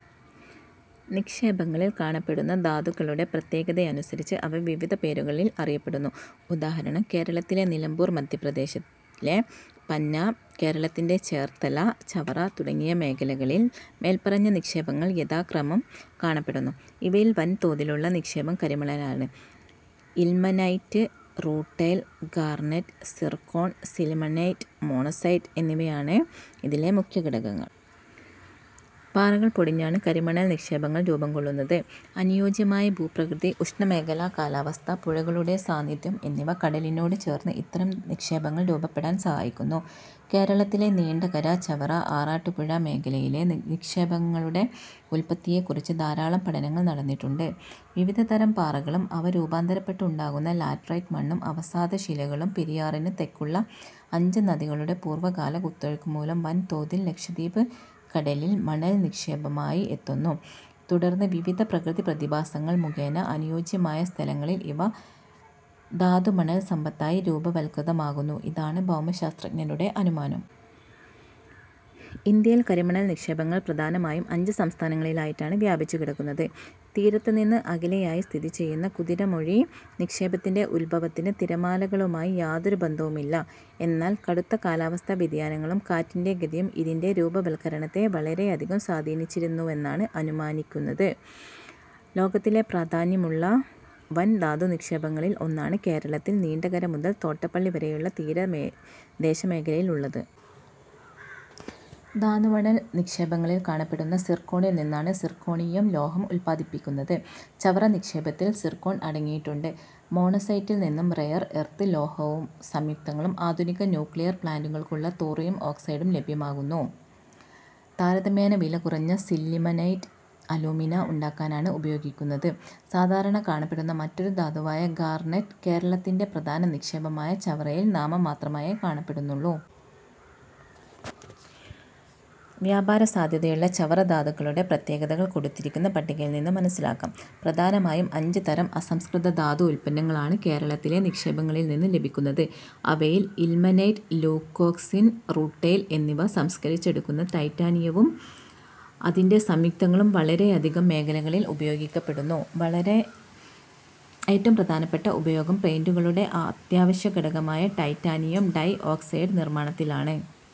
നിക്ഷേപങ്ങളിൽ കാണപ്പെടുന്ന ധാതുക്കളുടെ പ്രത്യേകതയനുസരിച്ച് അവ വിവിധ പേരുകളിൽ അറിയപ്പെടുന്നു. ഉദാഹരണം:- കേരളത്തിലെ നിലമ്പൂർ, മധ്യപ്രദേശിലെ പന്ന, കേരളത്തിലെ ചേർത്തല, ചവറ തുടങ്ങിയ മേഖലകളിൽ മേല്പറഞ്ഞ നിക്ഷേപങ്ങൾ യഥാക്രമം കാണപ്പെടുന്നു. ഇവയിൽ വൻതോതിലുള്ള നിക്ഷേപം കരിമണലാണ്. Ilmenite, rutile, garnet, zircon, sillimanite, monazite എന്നിവയാണ് ഇതിലെ മുഖ്യ ഘടകങ്ങൾ. പാറകൾ പൊടിഞ്ഞാണ് കരിമണൽ നിക്ഷേപങ്ങൾ രൂപംകൊള്ളുന്നത്. അനുയോജ്യമായ ഭൂപ്രകൃതി, ഉഷ്ണമേഖലാ കാലാവസ്ഥ, പുഴകളുടെ സാന്നിധ്യം എന്നിവ കടലിനോട് ചേർന്ന് ഇത്തരം നിക്ഷേപങ്ങൾ രൂപപ്പെടാൻ സഹായിക്കുന്നു. കേരളത്തിലെ നീണ്ടകര-ചവറ-ആറാട്ടുപുഴ മേഖലയിലെ നിക്ഷേപങ്ങളുടെ ഉത്പത്തിയെക്കുറിച്ച് ധാരാളം പഠനങ്ങൾ നടന്നിട്ടുണ്ട്. വിവിധതരം പാറകളും അവ രൂപാന്തരപ്പെട്ട് ഉണ്ടാകുന്ന ലാറ്ററൈറ്റ് മണ്ണും അവസാദശിലകളും പെരിയാറിനു തെക്കുള്ള അഞ്ച് നദികളുടെ പൂർവകാല കുത്തൊഴുക്കുമൂലം വൻതോതിൽ ലക്ഷദ്വീപ് കടലിൽ മണൽനിക്ഷേപമായി എത്തുന്നു, തുടർന്ന് വിവിധ പ്രകൃതിപ്രതിഭാസങ്ങൾ മുഖേന അനുയോജ്യമായ സ്ഥലങ്ങളിൽ ഇവ ധാതുമണൽസമ്പത്തായി രൂപവത്കൃതമാകുന്നു: ഇതാണ് ഭൌമശാസ്ത്രജ്ഞരുടെ അനുമാനം. ഇന്ത്യയിൽ കരിമണൽ നിക്ഷേപങ്ങൾ പ്രധാനമായും അഞ്ച് സംസ്ഥാനങ്ങളിലായിട്ടാണ് വ്യാപിച്ചുകിടക്കുന്നത്. തീരത്തുനിന്ന് അകലെയായി സ്ഥിതിചെയ്യുന്ന കുതിരമൊഴി നിക്ഷേപത്തിന്റെ ഉദ്ഭവത്തിന് തിരമാലകളുമായി യാതൊരു ബന്ധവുമില്ല. എന്നാൽ കടുത്ത കാലാവസ്ഥാ വ്യതിയാനങ്ങളും കാറ്റിന്റെ ഗതിയും ഇതിന്റെ രൂപവത്കരണത്തെ വളരെയധികം സ്വാധീനിച്ചിരുന്നുവെന്നാണ് അനുമാനിക്കപ്പെടുന്നത്. ലോകത്തിലെ പ്രാധാന്യമുള്ള വൻ ധാതുനിക്ഷേപങ്ങളിൽ ഒന്നാണ് കേരളത്തിൽ നീണ്ടകര മുതൽ തോട്ടപ്പള്ളി വരെയുള്ള തീരദേശമേഖലയിൽ ഉള്ളത്. ധാതുമണൽ നിക്ഷേപങ്ങളിൽ കാണപ്പെടുന്ന സിർക്കോണിൽ നിന്നാണ് സിർക്കോണിയം ലോഹം ഉത്പാദിപ്പിക്കുന്നത്. ചവറ നിക്ഷേപത്തിൽ സിർക്കോൺ അടങ്ങിയിട്ടുണ്ട്. മോണസൈറ്റിൽനിന്ന് റെയർ എർത്ത് ലോഹസംയുക്തങ്ങളും ആധുനിക ന്യൂക്ലിയർ പ്ലാന്റുകൾക്കുള്ള തോറിയം ഓക്സൈഡും ലഭ്യമാകുന്നു. താരതമ്യേന വില കുറഞ്ഞ സില്ലിമനൈറ്റ് അലുമിന ഉണ്ടാക്കാനാണ് ഉപയോഗിക്കുന്നത്. സാധാരണ കാണപ്പെടുന്ന മറ്റൊരു ധാതുവായ ഗാർനറ്റ് കേരളത്തിന്റെ പ്രധാന നിക്ഷേപമായ ചവറയിൽ നാമമാത്രമായേ കാണപ്പെടുന്നുള്ളൂ. വ്യാപാരസാധ്യതയുള്ള ചവറധാതുക്കളുടെ പ്രത്യേകതകൾ കൊടുത്തിരിക്കുന്ന പട്ടികയിൽനിന്നു മനസ്സിലാക്കാം. പ്രധാനമായും അഞ്ചുതരം അസംസ്കൃത ധാതു ഉത്പന്നങ്ങളാണ് കേരളത്തിലെ നിക്ഷേപങ്ങളിൽനിന്നു ലഭിക്കുന്നത്. അവയിൽ ഇൽമനൈറ്റ്-ല്യൂക്കോക്സിൻ-റൂട്ടൈൽ എന്നിവ സംസ്കരിച്ചെടുക്കുന്ന ടൈറ്റാനിയവും അതിന്റെ സംയുക്തങ്ങളും വളരെയധികം മേഖലകളിൽ ഉപയോഗിക്കപ്പെടുന്നു. ഏറ്റവും പ്രധാനപ്പെട്ട ഉപയോഗം പെയിന്റുകളുടെ അത്യാവശ്യ ഘടകമായ ടൈറ്റാനിയം ഡൈഓക്സൈഡ് നിർമ്മാണത്തിലാണ്.